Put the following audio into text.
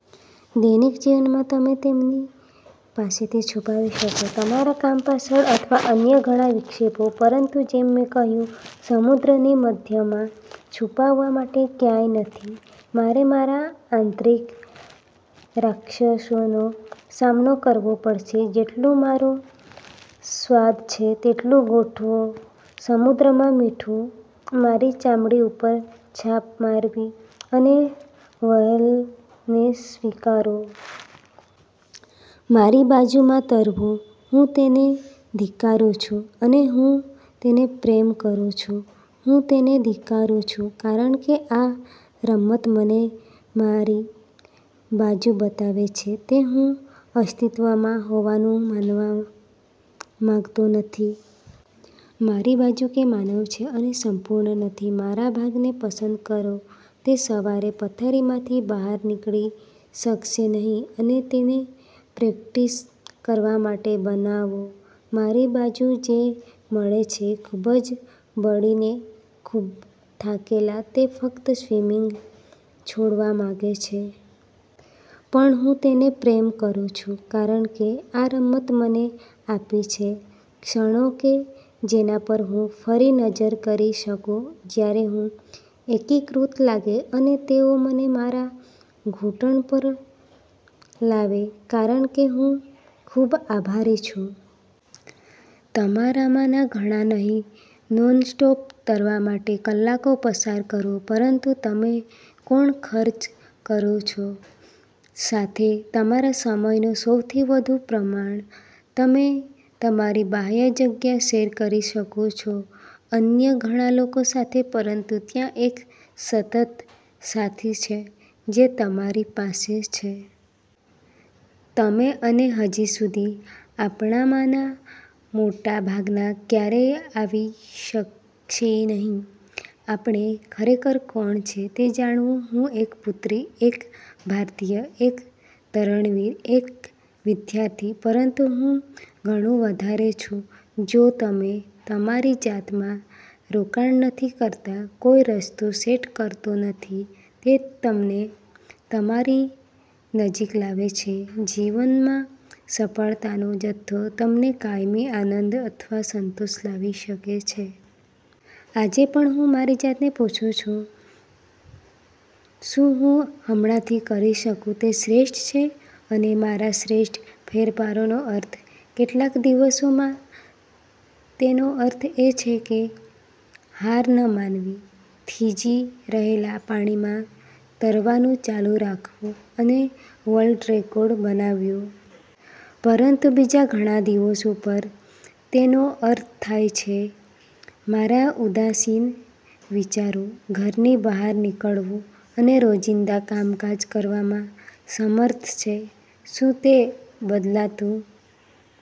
દૈનિક જીવનમાં, તમે તેમની પાસેથી છુપાવી શકો, તમારા કામ પાછળ અથવા અન્ય ઘણા વિક્ષેપો. પરંતુ જેમ મેં કહ્યું, સમુદ્રની મધ્યમાં, છુપાવવા માટે ક્યાંય નથી. મારે મારા આંતરિક રાક્ષસોનો સામનો કરવો પડશે, જેટલું મારો સ્વાદ છે તેટલું ગોઠવો સમુદ્રમાં મીઠું, મારી ચામડી ઉપર છાપ મારવી, અને વ્હેલને સ્વીકારો. મારી બાજુમાં તરવું. હું તેને ધિક્કારું છું, અને હું તેને પ્રેમ કરું છું. હું તેને ધિક્કારું છું કારણ કે આ રમત મને મારી બાજુ બતાવે છે, તે હું અસ્તિત્વમાં હોવાનું માનવા માંગતો નથી. મારી બાજુ કે માનવ છે અને સંપૂર્ણ નથી. મારા ભાગને પસંદ કરો તે સવારે પથારીમાંથી બહાર નીકળી શકશે નહીં અને તેને પ્રેક્ટિસ કરવા માટે બનાવો. મારી બાજુ જે મળે છે ખૂબ બળીને, ખૂબ થાકેલા, તે ફક્ત સ્વિમિંગ છોડવા માંગે છે. પણ હું તેને પ્રેમ કરું છું, કારણ કે આ રમત મને આપી છે ક્ષણો કે જેના પર હું ફરી નજર કરી શકું જ્યારે હું એકીકૃત લાગે અને તેઓ મને મારા ઘૂંટણ પર લાવે, કારણ કે હું ખૂબ આભારી છું. તમારામાંના ઘણા નહીં નોન સ્ટોપ તરવા માટે કલાકો પસાર કરો. પરંતુ તમે કોણ ખર્ચ કરો છો સાથે તમારા સમયનો સૌથી વધુ પ્રમાણ? તમે તમારી બાહ્ય જગ્યા શેર કરી શકો છો અન્ય ઘણા લોકો સાથે, પરંતુ ત્યાં એક સતત સાથી છે જે તમારી પાસે છે. તમે અને હજી સુધી, આપણામાંના મોટા ભાગના ક્યારેય આવી શકશે નહીં. આપણે ખરેખર કોણ છે તે જાણવું. હું એક પુત્રી, એક ભારતીય, એક તરણવીર, એક વિદ્યાર્થી. પરંતુ હું ઘણું વધારે છું. જો તમે તમારી જાતમાં રોકાણ નથી કરતા, કોઈ રસ્તો સેટ કરતો નથી તે તમને તમારી નજીક લાવે છે, જીવનમાં સફળતા નો જથ્થો તમને કાયમી આનંદ અથવા સંતોષ લાવી શકે છે. આજે પણ, હું મારી જાતને પૂછું છું, "શું હું હમણાંથી કરી શકું તે શ્રેષ્ઠ છે? " અને મારા "શ્રેષ્ઠ" ફેરફારોનો અર્થ. કેટલાક દિવસોમાં, તેનો અર્થ એ છે કે હાર ન માનવી, થીજી રહેલા પાણીમાં તરવાનું ચાલુ રાખવું અને વર્લ્ડ રેકોર્ડ બનાવ્યો. પરંતુ બીજા ઘણા દિવસો પર, તેનો અર્થ થાય છે મારા ઉદાસીન વિચારો, ઘરની બહાર નીકળવું અને રોજિંદા કામકાજ કરવામાં સમર્થ છે. શું તે બદલાતું